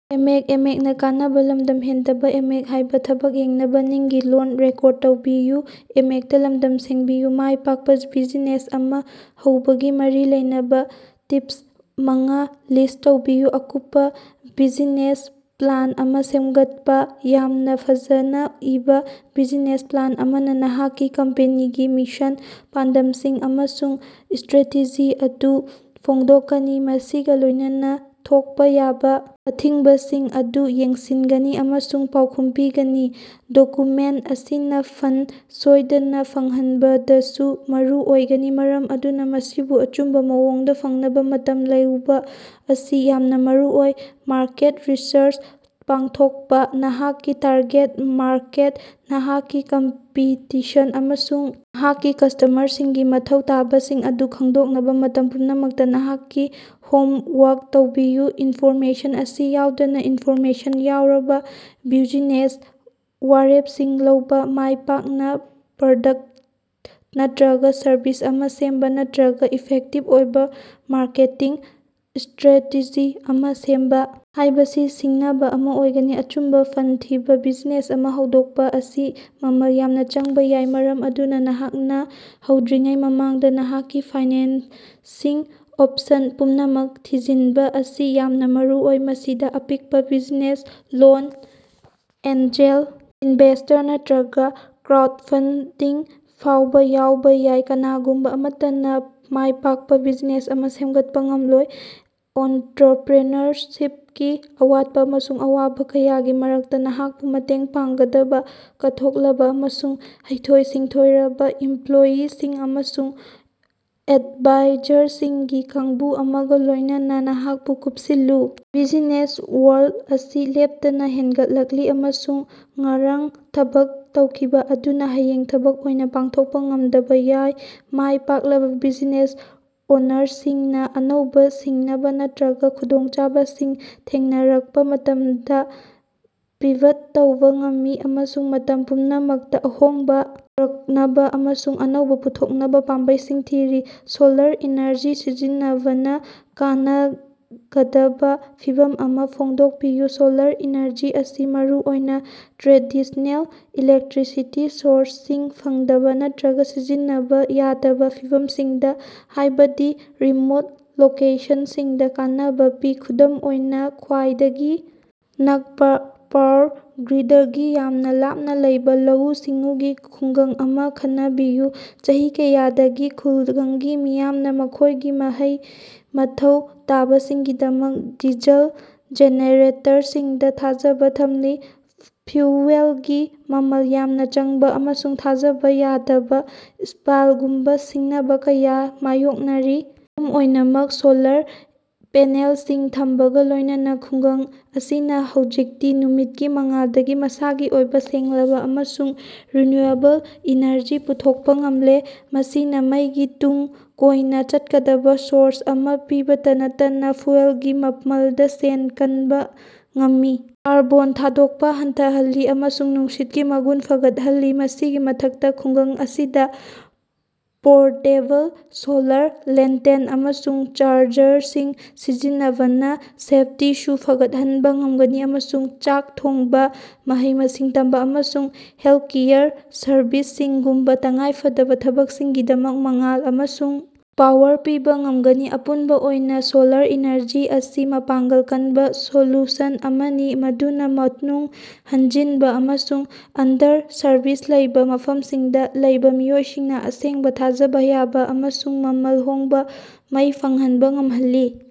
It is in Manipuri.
ꯃꯥꯏꯄꯥꯛꯅ ꯕꯤꯖꯤꯅꯦꯁ ꯑꯃ ꯍꯧꯕꯒ ꯃꯔꯤ ꯂꯩꯅꯕ ꯇꯤꯞꯁ ꯃꯉ ꯂꯤꯁ꯭ꯠ ꯇꯧꯕꯤꯌꯨ꯫ ꯑꯀꯨꯞꯄ ꯕꯤꯖꯤꯅꯦꯁ ꯄ꯭ꯂꯥꯟ ꯑꯃ ꯁꯦꯝꯒꯠꯄ ꯌꯥꯝꯅ ꯐꯖꯅ ꯏꯕ ꯕꯤꯖꯤꯅꯦꯁ ꯄ꯭ꯂꯥꯟ ꯑꯃꯅ ꯅꯍꯥꯛꯀꯤ ꯀꯝꯄꯦꯅꯤꯒꯤ ꯃꯤꯁꯟ, ꯄꯥꯟꯗꯝꯁꯤꯡ ꯑꯃꯁꯨꯡ ꯁ꯭ꯇꯔꯦꯇꯦꯖꯤ ꯑꯗꯨ ꯐꯣꯡꯗꯣꯛꯀꯅꯤ, ꯃꯁꯤꯒ ꯂꯣꯏꯅꯅ ꯊꯣꯛꯄ ꯌꯥꯕ ꯑꯊꯤꯡꯕꯁꯤꯡ ꯑꯗꯨ ꯌꯦꯡꯁꯤꯟꯒꯅꯤ ꯑꯃꯁꯨꯡ ꯄꯥꯎꯈꯨꯝ ꯄꯤꯒꯅꯤ꯫ ꯗꯣꯀꯨꯃꯦꯟꯇ ꯑꯁꯤꯅ ꯐꯟꯗ ꯁꯣꯏꯗꯅ ꯐꯪꯍꯟꯕꯗꯁꯨ ꯃꯔꯨ ꯑꯣꯏꯒꯅꯤ, ꯃꯔꯝ ꯑꯗꯨꯅ ꯃꯁꯤꯕꯨ ꯑꯆꯨꯝꯕ ꯃꯑꯣꯡꯗ ꯐꯪꯅꯕ ꯃꯇꯝ ꯂꯧꯕ ꯑꯁꯤ ꯌꯥꯝꯅ ꯃꯔꯨꯑꯣꯏ꯫ ꯃꯥꯔꯀꯦꯠ ꯔꯤꯁꯔꯆ ꯄꯥꯡꯊꯣꯛꯄꯥ: ꯅꯍꯥꯛꯀꯤ ꯇꯥꯔꯒꯦꯠ ꯃꯥꯔꯀꯦꯠ, ꯅꯍꯥꯛꯀꯤ ꯀꯝꯄꯤꯇꯤꯁꯟ, ꯑꯃꯁꯨꯡ ꯅꯍꯥꯛꯀꯤ ꯀꯁ꯭ꯇꯃꯔꯁꯤꯡꯒꯤ ꯃꯊꯧ ꯇꯥꯕꯁꯤꯡ ꯑꯗꯨ ꯈꯪꯗꯣꯛꯅꯕ ꯃꯇꯝ ꯄꯨꯝꯅꯃꯛꯇ ꯅꯍꯥꯛꯀꯤ ꯍꯣꯝ ꯋꯥꯔꯛ ꯇꯧꯕꯤꯌꯨ꯫ ꯏꯟꯐꯣꯔꯃꯦꯁꯟ ꯑꯁꯤ ꯌꯥꯎꯗꯅ, ꯏꯟꯐꯣꯔꯃꯦꯁꯟ ꯌꯥꯎꯔꯕ ꯕ꯭ꯌꯨꯖꯤꯅꯦꯁ ꯋꯥꯔꯦꯞꯁꯤꯡ ꯂꯧꯕ, ꯃꯥꯏꯄꯥꯛꯅ ꯄ꯭ꯔꯗꯛꯇ ꯅꯠꯇ꯭ꯔꯒ ꯁꯔꯚꯤꯁ ꯑꯃ ꯁꯦꯝꯕ ꯅꯠꯇ꯭ꯔꯒ ꯏꯐꯦꯛꯇꯤꯚ ꯑꯣꯏꯕ ꯃꯥꯔꯀꯦꯇꯤꯡ ꯁ꯭ꯇꯔꯥꯇꯦꯖꯤ ꯑꯃ ꯁꯦꯝꯕ ꯍꯥꯏꯕꯁꯤ ꯁꯤꯡꯅꯕ ꯑꯃ ꯑꯣꯏꯒꯅꯤ꯫ ꯑꯆꯨꯝꯕ ꯐꯟꯗ ꯊꯤꯕ: ꯕꯤꯖꯤꯅꯦꯁ ꯑꯃ ꯍꯧꯗꯣꯛꯄ ꯑꯁꯤ ꯃꯃꯜ ꯌꯥꯝꯅ ꯆꯪꯕ ꯌꯥꯏ, ꯃꯔꯝ ꯑꯗꯨꯅ ꯅꯍꯥꯛꯅ ꯍꯧꯗꯣꯛꯇ꯭ꯔꯤꯉꯩ ꯃꯃꯥꯡꯗ ꯅꯍꯥꯛꯀꯤ ꯐꯥꯏꯅꯥꯟꯁꯤꯡ ꯑꯣꯞꯁꯟ ꯄꯨꯝꯅꯃꯛ ꯊꯤꯖꯤꯟꯕ ꯑꯁꯤ ꯌꯥꯝꯅ ꯃꯔꯨꯑꯣꯏ꯫ ꯃꯁꯤꯗ ꯑꯄꯤꯛꯄ ꯕꯤꯖꯤꯅꯦꯁ ꯂꯣꯟ, ꯑꯦꯟꯖꯦꯜ ꯏꯟꯚꯦꯁ꯭ꯇꯔ, ꯅꯠꯇ꯭ꯔꯒ ꯀ꯭ꯔꯥꯎꯗꯐꯟꯗꯤꯡ ꯐꯥꯎꯕ ꯌꯥꯎꯕ ꯌꯥꯏ꯫ ꯀꯅꯥꯒꯨꯝꯕ ꯑꯃꯠꯇꯅ ꯃꯥꯏꯄꯥꯛꯄ ꯕꯤꯖꯤꯅꯦꯁ ꯑꯃ ꯁꯦꯝꯒꯠꯄ ꯉꯝꯂꯣꯏ꯫ ꯑꯣꯟꯇ꯭ꯔꯄ꯭ꯔꯤꯅꯔꯁꯤꯞꯀꯤ ꯑꯋꯥꯠꯄ ꯑꯃꯁꯨꯡ ꯑꯋꯥꯕ ꯀꯌꯥꯒꯤ ꯃꯔꯛꯇ ꯅꯍꯥꯛꯄꯨ ꯃꯇꯦꯡ ꯄꯥꯡꯒꯗꯕ ꯀꯠꯊꯣꯛꯂꯕ ꯑꯃꯁꯨꯡ ꯍꯩꯊꯣꯏ-ꯁꯤꯡꯊꯣꯏꯔꯕ ꯏꯝꯄ꯭ꯂꯣꯌꯤꯁꯤꯡ ꯑꯃꯁꯨꯡ ꯑꯦꯗꯚꯥꯏꯖꯔꯁꯤꯡꯒꯤ ꯀꯥꯡꯕꯨ ꯑꯃꯒ ꯂꯣꯏꯅꯅ ꯅꯍꯥꯛꯄꯨ ꯀꯨꯞꯁꯤꯜꯂꯨ꯫ ꯕꯤꯖꯤꯅꯦꯁ ꯋꯥꯔꯜꯗ ꯑꯁꯤ ꯂꯦꯞꯇꯅ ꯍꯦꯟꯒꯠꯂꯛꯂꯤ, ꯑꯃꯁꯨꯡ ꯉꯔꯥꯡ ꯊꯕꯛ ꯇꯧꯈꯤꯕ ꯑꯗꯨꯅ ꯍꯌꯦꯡ ꯊꯕꯛ ꯑꯣꯏꯅ ꯄꯥꯡꯊꯣꯛꯄ ꯉꯝꯗꯕ ꯌꯥꯏ꯫ ꯃꯥꯏ ꯄꯥꯛꯂꯕ ꯕꯤꯖꯤꯅꯦꯁ ꯑꯣꯅꯔꯁꯤꯡꯅ ꯑꯅꯧꯕ ꯁꯤꯡꯅꯕ ꯅꯠꯇ꯭ꯔꯒ ꯈꯨꯗꯣꯡꯆꯥꯕꯁꯤꯡ ꯊꯦꯡꯅꯔꯛꯄ ꯃꯇꯝꯗ ꯄꯤꯚꯠ ꯇꯧꯕ ꯉꯝꯃꯤ, ꯑꯃꯁꯨꯡ ꯃꯇꯝ ꯄꯨꯝꯅꯃꯛꯇꯥ ꯑꯍꯣꯡꯕ ꯄꯨꯔꯛꯅꯕ ꯑꯃꯁꯨꯡ ꯑꯅꯧꯕ ꯄꯨꯊꯣꯛꯅꯕ ꯄꯥꯝꯕꯩꯁꯤꯡ ꯊꯤꯔꯤ꯫ ꯁꯣꯂꯥꯔ ꯑꯦꯅꯔꯖꯤ ꯁꯤꯖꯤꯟꯅꯕꯅ ꯀꯥꯟꯅꯒꯗꯕ ꯐꯤꯚꯝ ꯑꯃ ꯐꯣꯡꯗꯣꯛꯄꯤꯌꯨ꯫ ꯁꯣꯂꯥꯔ ꯑꯦꯅꯔꯖꯤ ꯑꯁꯤ ꯃꯔꯨꯑꯣꯏꯅ ꯇ꯭ꯔꯦꯗꯤꯁꯅꯦꯜ ꯏꯂꯦꯛꯇ꯭ꯔꯤꯁꯤꯇꯤ ꯁꯣꯔꯁꯁꯤꯡ ꯐꯪꯗꯕ ꯅꯠꯇ꯭ꯔꯒ ꯁꯤꯖꯤꯟꯅꯕ ꯌꯥꯗꯕ ꯐꯤꯚꯝꯁꯤꯡꯗ, ꯍꯥꯏꯕꯗꯤ ꯔꯤꯃꯣꯠ ꯂꯣꯀꯦꯁꯟꯁꯤꯡꯗ ꯀꯥꯟꯅꯕ ꯄꯤ꯫ ꯈꯨꯗꯝ ꯑꯣꯏꯅ, ꯈ꯭ꯕꯥꯏꯗꯒꯤ ꯅꯛꯄ ꯄꯥꯋꯔ ꯒ꯭ꯔꯤꯗꯇꯒꯤ ꯌꯥꯝꯅ ꯂꯥꯞꯅ ꯂꯩꯕ ꯂꯧꯎ-ꯁꯤꯡꯎꯒꯤ ꯈꯨꯡꯒꯪ ꯑꯃ ꯈꯟꯅꯕꯤꯌꯨ꯫ ꯆꯍꯤ ꯀꯌꯥꯗꯒꯤ ꯈꯨꯜꯒꯪꯒꯤ ꯃꯤꯌꯥꯝꯅ ꯃꯈꯣꯏꯒꯤ ꯃꯩꯒꯤ ꯃꯊꯧ ꯇꯥꯕꯁꯤꯡꯒꯤꯗꯃꯛ ꯗꯤꯖꯜ ꯖꯦꯅꯦꯔꯦꯇꯔꯁꯤꯡꯗ ꯊꯥꯖꯕ ꯊꯝꯂꯤ, ꯐ꯭ꯌꯨꯑꯦꯜꯒꯤ ꯃꯃꯜ ꯌꯥꯝꯅ ꯆꯪꯕ ꯑꯃꯁꯨꯡ ꯊꯥꯖꯕ ꯌꯥꯗꯕ ꯁꯄ꯭ꯂꯥꯏꯒꯨꯝꯕ ꯁꯤꯡꯅꯕ ꯀꯌꯥ ꯃꯥꯌꯣꯛꯅꯔꯤ꯫ ꯑꯗꯨꯝ ꯑꯣꯏꯅꯃꯛ ꯁꯣꯂꯥꯔ ꯄꯦꯅꯦꯜꯁꯤꯡ ꯊꯝꯕꯒ ꯂꯣꯏꯅꯅ ꯈꯨꯡꯒꯪ ꯑꯁꯤꯅ ꯍꯧꯖꯤꯛꯇꯤ ꯅꯨꯃꯤꯠꯀꯤ ꯃꯉꯥꯜꯗꯒꯤ ꯃꯁꯥꯒꯤ ꯑꯣꯏꯕ ꯁꯦꯡꯂꯕ ꯑꯃꯁꯨꯡ ꯔꯤꯅ꯭ꯌꯨꯑꯦꯕꯜ ꯏꯅꯔꯖꯤ ꯄꯨꯊꯣꯛꯄ ꯉꯝꯂꯦ꯫ ꯃꯁꯤꯅ ꯃꯩꯒꯤ ꯇꯨꯡ ꯀꯣꯏꯅ ꯆꯠꯀꯗꯕ ꯁꯣꯔꯁ ꯑꯃ ꯄꯤꯕꯇꯥ ꯅꯠꯇꯅ ꯐ꯭ꯌꯨꯑꯦꯜꯒꯤ ꯃꯃꯜꯗ ꯁꯦꯟ ꯀꯟꯕ ꯉꯝꯃꯤ, ꯀꯥꯔꯕꯣꯟ ꯊꯥꯗꯣꯛꯄ ꯍꯟꯊꯍꯜꯂꯤ ꯑꯃꯁꯨꯡ ꯅꯨꯡꯁꯤꯠꯀꯤ ꯃꯒꯨꯟ ꯐꯒꯠꯍꯜꯂꯤ꯫ ꯃꯁꯤꯒꯤ ꯃꯊꯛꯇ, ꯈꯨꯡꯒꯪ ꯑꯁꯤꯗ ꯄꯣꯔꯇꯦꯕꯜ ꯁꯣꯂꯥꯔ ꯂꯦꯟꯇꯦꯟ ꯑꯃꯁꯨꯡ ꯆꯥꯔꯖꯔꯁꯤꯡ ꯁꯤꯖꯤꯟꯅꯕꯅ ꯁꯦꯐꯇꯤꯁꯨ ꯐꯒꯠꯍꯟꯕ ꯉꯝꯒꯅꯤ ꯑꯃꯁꯨꯡ ꯆꯥꯛ ꯊꯣꯡꯕ, ꯃꯍꯩ-ꯃꯁꯤꯡ ꯇꯝꯕ, ꯑꯃꯁꯨꯡ ꯍꯦꯜꯊꯀꯦꯌꯔ ꯁꯔꯚꯤꯁꯁꯤꯡꯒꯨꯝꯕꯥ ꯇꯉꯥꯏ ꯐꯗꯕ ꯊꯕꯛꯁꯤꯡꯒꯤꯗꯃꯛ ꯃꯉꯥꯜ ꯑꯃꯁꯨꯡ ꯄꯥꯋꯔ ꯄꯤꯕꯥ ꯉꯝꯒꯅꯤ꯫ ꯑꯄꯨꯟꯕ ꯑꯣꯏꯅ ꯁꯣꯂꯥꯔ ꯏꯅꯔꯖꯤ ꯑꯁꯤ ꯃꯄꯥꯡꯒꯜ ꯀꯟꯕ ꯁꯣꯂꯨꯁꯟ ꯑꯃꯅꯤ ꯃꯗꯨꯅ ꯃꯅꯨꯡ ꯍꯟꯖꯤꯟꯕ ꯑꯃꯁꯨꯡ ꯑꯟꯗꯔ-ꯁꯥꯔꯚꯤꯁ ꯂꯩꯕ ꯃꯐꯝꯁꯤꯡꯗ ꯂꯩꯕ ꯃꯤꯑꯣꯏꯁꯤꯡꯅ ꯑꯁꯦꯡꯕ, ꯊꯥꯖꯕ ꯌꯥꯕ ꯑꯃꯁꯨꯡ ꯃꯃꯜ ꯍꯣꯡꯕ ꯃꯩ ꯐꯪꯍꯟꯕ ꯉꯝꯍꯜꯂꯤ꯫